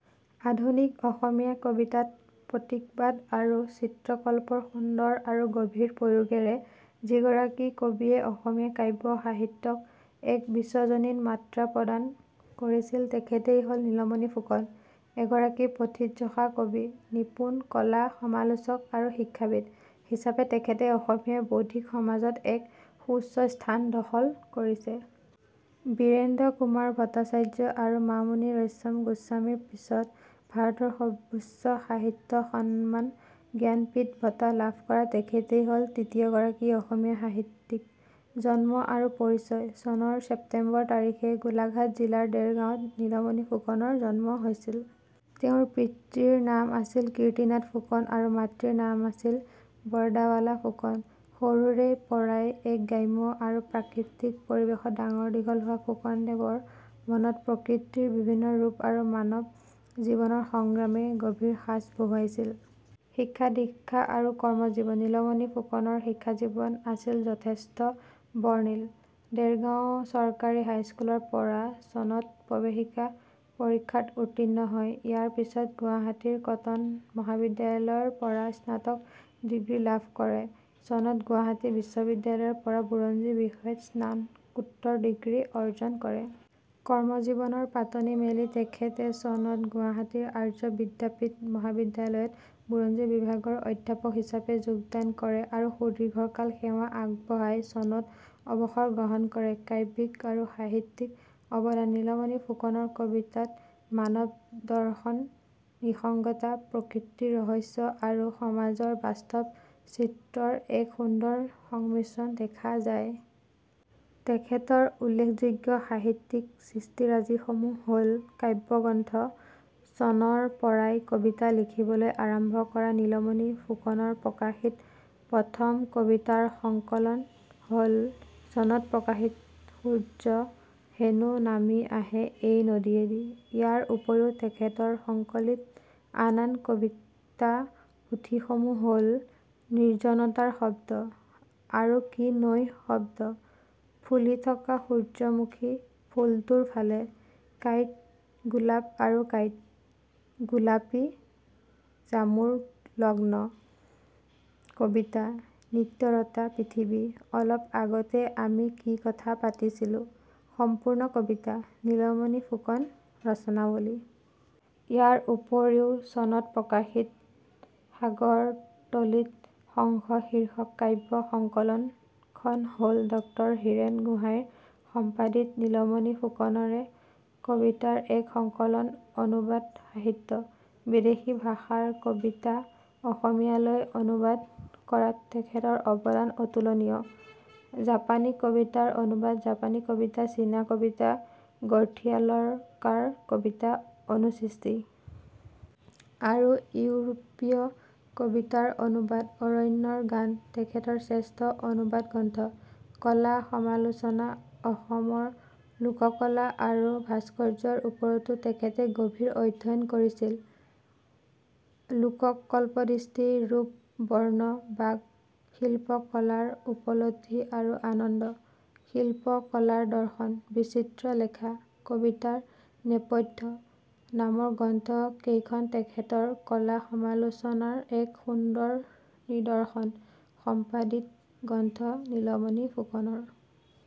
আধুনিক অসমীয়া কবিতাত প্ৰতীকবাদ আৰু চিত্ৰকল্পৰ সুন্দৰ আৰু গভীৰ প্ৰয়োগেৰে যিগৰাকী কবিয়ে অসমীয়া কাব্য সাহিত্যক এক বিশ্বজনীন মাত্ৰা প্ৰদান কৰিছিল, তেখেতেই হ'ল নীলমণি ফুকন। এগৰাকী প্ৰথিতযশা কবি, নিপুণ কলা-সমালোচক আৰু শিক্ষাবিদ হিচাপে তেখেতে অসমীয়া বৌদ্ধিক সমাজত এক সুউচ্চ স্থান দখল কৰিছে। বীৰেন্দ্ৰ কুমাৰ ভট্টাচাৰ্য আৰু মামণি ৰয়ছম গোস্বামীৰ পিছত ভাৰতৰ সৰ্বোচ্চ সাহিত্য সন্মান 'জ্ঞানপীঠ বঁটা' লাভ কৰা তেখেতেই হ'ল তৃতীয়গৰাকী অসমীয়া সাহিত্যিক। জন্ম আৰু পৰিয়াল: চনৰ ছেপ্টেম্বৰ তাৰিখে গোলাঘাট জিলাৰ দেৰগাঁৱত নীলমণি ফুকনৰ জন্ম হৈছিল। তেওঁৰ পিতৃৰ নাম আছিল কীৰ্তিনাথ ফুকন আৰু মাতৃৰ নাম আছিল বৰদাবালা ফুকন। সৰুৰে পৰাই এক গ্ৰাম্য আৰু প্ৰাকৃতিক পৰিৱেশত ডাঙৰ-দীঘল হোৱা ফুকনদেৱৰ মনত প্ৰকৃতিৰ বিভিন্ন ৰূপ আৰু মানৱ জীৱনৰ সংগ্ৰামে গভীৰ সাঁচ বহুৱাইছিল। শিক্ষা-দীক্ষা আৰু কৰ্মজীৱন: নীলমণি ফুকনৰ শিক্ষাজীৱন আছিল যথেষ্ট বৰ্ণিল: দেৰগাঁও চৰকাৰী হাইস্কুলৰ পৰা চনত প্ৰৱেশিকা পৰীক্ষাত উত্তীৰ্ণ হয়। ইয়াৰ পিছত গুৱাহাটীৰ কটন মহাবিদ্যালয়ৰ পৰা স্নাতক ডিগ্ৰী লাভ কৰে। চনত গুৱাহাটী বিশ্ববিদ্যালয়ৰ পৰা বুৰঞ্জী বিষয়ত স্নাতকোত্তৰ ডিগ্ৰী অৰ্জন কৰে। কৰ্মজীৱনৰ পাতনি মেলি তেখেতে চনত গুৱাহাটীৰ আৰ্য বিদ্যাপীঠ মহাবিদ্যালয়ত বুৰঞ্জী বিভাগৰ অধ্যাপক হিচাপে যোগদান কৰে আৰু সুদীৰ্ঘকাল সেৱা আগবঢ়াই চনত অৱসৰ গ্ৰহণ কৰে। কাব্যিক আৰু সাহিত্যিক অৱদান: নীলমণি ফুকনৰ কবিতাত মানৱ দৰ্শন, নিসংগতা, প্ৰকৃতিৰ ৰহস্য আৰু সমাজৰ বাস্তৱ চিত্ৰৰ এক সুন্দৰ সংমিশ্ৰণ দেখা যায়। তেখেতৰ উল্লেখযোগ্য সাহিত্যিক সৃষ্টিৰাজিসমূহ হ'ল: কাব্যগ্ৰন্থ: ' চনৰ পৰাই কবিতা লিখিবলৈ আৰম্ভ কৰা নীলমণি ফুকনৰ প্ৰকাশিত প্ৰথম কবিতাৰ সংকলন হ'ল চনত প্ৰকাশিত সূৰ্য হেনো নামি আহে এই নদীয়েদি। ইয়াৰ উপৰিও তেখেতৰ সংকলিত আন আন কবিতা পুথি সমূহ হ'ল- 'নিৰ্জনতাৰ শব্দ', 'আৰু কি নৈ:শব্দ', 'ফুলি থকা সূৰ্যমুখী ফুলটোৰ ফালে', 'কাঁইট গোলাপ আৰু কাঁইট', 'গোলাপী জামুৰ লগ্ন', 'কবিতা', 'নৃত্যৰতা পৃথিৱী', 'অলপ আগতে আমি কি কথা পাতিছিলো', 'সম্পূৰ্ণ কবিতা', 'নীলমণি ফুকন ৰচনাৱলী'। ইয়াৰ উপৰিও চনত প্ৰকাশিত সাগৰ তলিত শংখ শীৰ্ষক কাব্য সংকলন খন হ'ল ড হিৰেণ গোঁসাই সম্পাদিত নীলমণি ফুকনৰে কবিতাৰ এক সংকলন অনুবাদ সাহিত্য: বিদেশী ভাষাৰ কবিতা অসমীয়ালৈ অনুবাদ কৰাত তেখেতৰ অৱদান অতুলনীয়। জাপানী কবিতাৰ অনুবাদ 'জাপানী কবিতা 'চীনা কবিতা' 'গৰ্থিয়া ল'ৰকাৰ কবিতা', 'অনুসৃষ্টি'। আৰু ইউৰোপীয় কবিতাৰ অনুবাদ 'অৰণ্যৰ গান' তেখেতৰ শ্ৰেষ্ঠ অনুবাদ গ্ৰন্থ। কলা-সমালোচনা: অসমৰ লোককলা আৰু ভাস্কৰ্যৰ ওপৰতো তেখেতে গভীৰ অধ্যয়ন কৰিছিল। 'লোককল্পদৃষ্টি', 'ৰূপ বৰ্ণ বাক', 'শিল্প কলাৰ উপলব্ধি আৰু আনন্দ', 'শিল্প কলাৰ দৰ্শন', 'বিচিত্ৰ লেখা', 'কবিতাৰ নেপথ্য' নামৰ গ্ৰন্থ কেইখন তেখেতৰ কলা-সমালোচনাৰ এক সুন্দৰ নিদৰ্শন। সম্পাদিত গ্ৰন্থ: নীলমণি ফুকনৰ